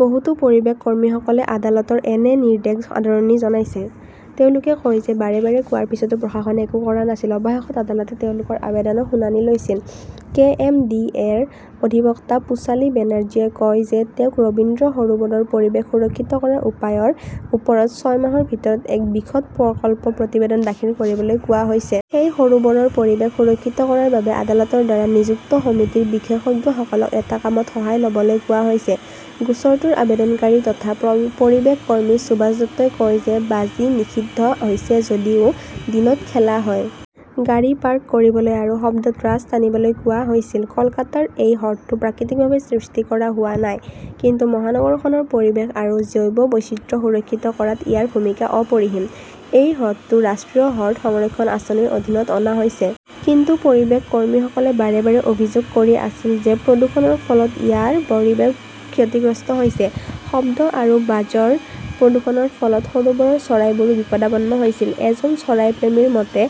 বহুতো পৰিৱেশ কৰ্মীসকলে আদালতৰ এনে নিৰ্দেশ আদৰণি জনাইছে। তেওঁলোকে কয় যে বাৰে বাৰে কোৱাৰ পিছতো প্ৰশাসনে একো কৰা নাছিল। অৱশেষত আদালতে তেওঁলোকৰ আবেদনৰ শুনানি লৈছিল। কে. এম. ডি. এ. -ৰ অধিবক্তা পোচালী বেনাৰ্জীয়ে কয় যে তেওঁক ৰবীন্দ্ৰ সৰোবৰৰ পৰিৱেশ সুৰক্ষিত কৰাৰ উপায়ৰ ওপৰত ছয় মাহৰ ভিতৰত এক বিশদ প্ৰকল্প প্ৰতিবেদন দাখিল কৰিবলৈ কোৱা হৈছে। সেই সৰোবৰৰ পৰিৱেশ সুৰক্ষিত কৰাৰ বাবে আদালতৰ দ্বাৰা নিযুক্ত সমিতিৰ বিশেষজ্ঞসকলক এটা কামত সহায় লবলৈ কোৱা হৈছে। গোচৰটোৰ আবেদনকাৰী তথা পৰিৱেশ কৰ্মী সুভাষ দত্তই কয় যে বাজি নিষিদ্ধ কৰা হৈছে যদিও দিনত খেলা হয়। গাড়ী পাৰ্ক কৰিবলৈ আৰু শব্দ তৰাছ টানিবলৈ কোৱা হৈছিল। কলকাতাৰ এই হ্ৰদটো প্ৰাকৃতিকভাৱে সৃষ্টি কৰা হোৱা নাই। কিন্তু মহানগৰখনৰ পৰিৱেশ আৰু জৈৱ বৈচিত্ৰ্য সুৰক্ষিত কৰাত ইয়াৰ ভূমিকা অপৰিসীম। এই হ্ৰদটো ৰাষ্ট্ৰীয় হ্ৰদ সংৰক্ষণ আঁচনিৰ অধীনত অনা হৈছে। কিন্তু পৰিৱেশ কৰ্মীসকলে বাৰে-বাৰে অভিযোগ কৰি আছিল যে প্ৰদূষণৰ ফলত ইয়াৰ পৰিৱেশ ক্ষতিগ্ৰস্ত হৈছে। শব্দ আৰু বাজৰ প্ৰদূষণৰ ফলত সৰোবৰৰ চৰাইবোৰো বিপদাপন্ন হৈছিল। এজন চৰাই প্ৰেমীৰ মতে,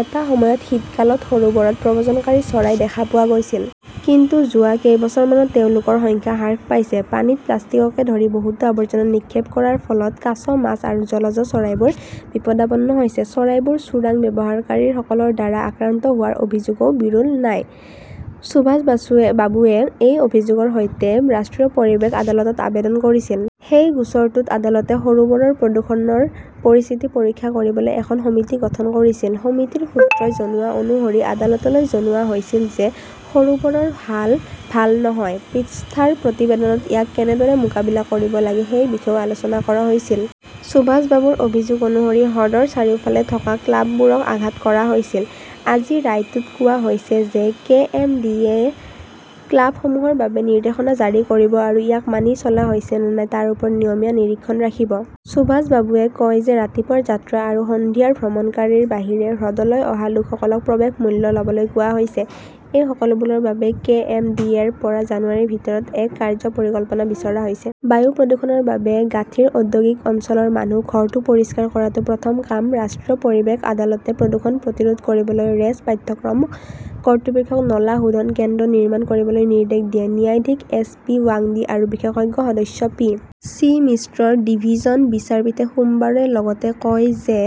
এটা সময়ত শীতকালত সৰোবৰত প্ৰব্ৰজনকাৰী চৰাই দেখা পোৱা গৈছিল। কিন্তু যোৱা কেইবছৰমানত তেওঁলোকৰ সংখ্যা হ্ৰাস পাইছে। পানীত প্লাষ্টিককে ধৰি বহুতো আৱৰ্জনা নিক্ষেপ কৰাৰ ফলত কাছ, মাছ আৰু জলজ চৰাইবোৰ বিপদাপন্ন হৈছে। চৰাইবোৰ চোৰাং ব্যৱহাৰকাৰীসকলৰ দ্বাৰা আক্ৰান্ত হোৱাৰ অভিযোগও বিৰোল নাই। সুভাষ বাসুৱে বাবুৱে এই অভিযোগৰ সৈতে ৰাষ্ট্ৰীয় পৰিৱেশ আদালতত আবেদন কৰিছিল। সেই গোচৰটোত আদালতে সৰোবৰৰ প্ৰদূষণৰ পৰিস্থিতি পৰীক্ষা কৰিবলৈ এখন সমিতি গঠন কৰিছিল। সমিতিৰ সূত্ৰই জনোৱা অনুসৰি আদালতলৈ জনোৱা হৈছিল যে সৰোবৰৰ হাল ভাল নহয়। পৃষ্ঠাৰ প্ৰতিবেদনত ইয়াক কেনেদৰে মোকাবিলা কৰিব লাগে সেই বিষয়েও আলোচনা কৰা হৈছিল। সুভাষ বাবুৰ অভিযোগ অনুসৰি হ্ৰদৰ চাৰিওফালে থকা ক্লাববোৰক আঘাত কৰা হৈছিল। আজি ৰায়টোত কোৱা হৈছে যে কে. এম. ডি. এ. ক্লাবসমূহৰ বাবে নিৰ্দেশনা জাৰি কৰিব আৰু ইয়াক মানি চলা হৈছে নে নাই তাৰ ওপৰ নিয়মীয়া নিৰীক্ষণ ৰাখিব। সুভাষ বাবুৱে কয় যে ৰাতিপুৱাৰ যাত্ৰা আৰু সন্ধিয়াৰ ভ্ৰমণকাৰীৰ বাহিৰে হ্ৰদলৈ অহা লোকসকলক প্ৰৱেশ মূল্য লবলৈ কোৱা হৈছে। এই সকলোবোৰৰ বাবে কে. এম. ডি. এ. -ৰ পৰা জানুৱাৰীৰ ভিতৰত এক 'কাৰ্য্য পৰিকল্পনা বিচাৰা হৈছে। বায়ু প্ৰদূষণৰ বাবে গাঁঠিৰ ঔদ্যোগিক অঞ্চলৰ মানুহ, ঘৰটো পৰিষ্কাৰ কৰাটো প্ৰথম কাম ৰাষ্ট্ৰীয় পৰিৱেশ আদালতে প্ৰদূষণ প্ৰতিৰোধ কৰিবলৈ ৰেচ পাঠ্যক্ৰম কৰ্তৃপক্ষক নলা শোধন কেন্দ্ৰ নিৰ্মাণ কৰিবলৈ নিৰ্দেশ দিয়ে। ন্যায়াধীশ এছ. পি. ৱাংদী আৰু বিশেষজ্ঞ সদস্য পি. চি. মিশ্ৰৰ ডিভিছন বিচাৰপীঠে সোমবাৰে লগতে কয় যে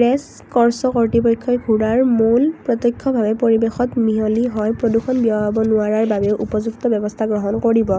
ৰেচ কৰ্চ কৰ্তৃপক্ষই ঘোঁৰাৰ মল প্ৰত্যক্ষভাৱে পৰিৱেশত মিহলি হৈ প্ৰদূষণ বিয়পাব নোৱাৰাৰ বাবে উপযুক্ত ব্যৱস্থা গ্ৰহণ কৰিব।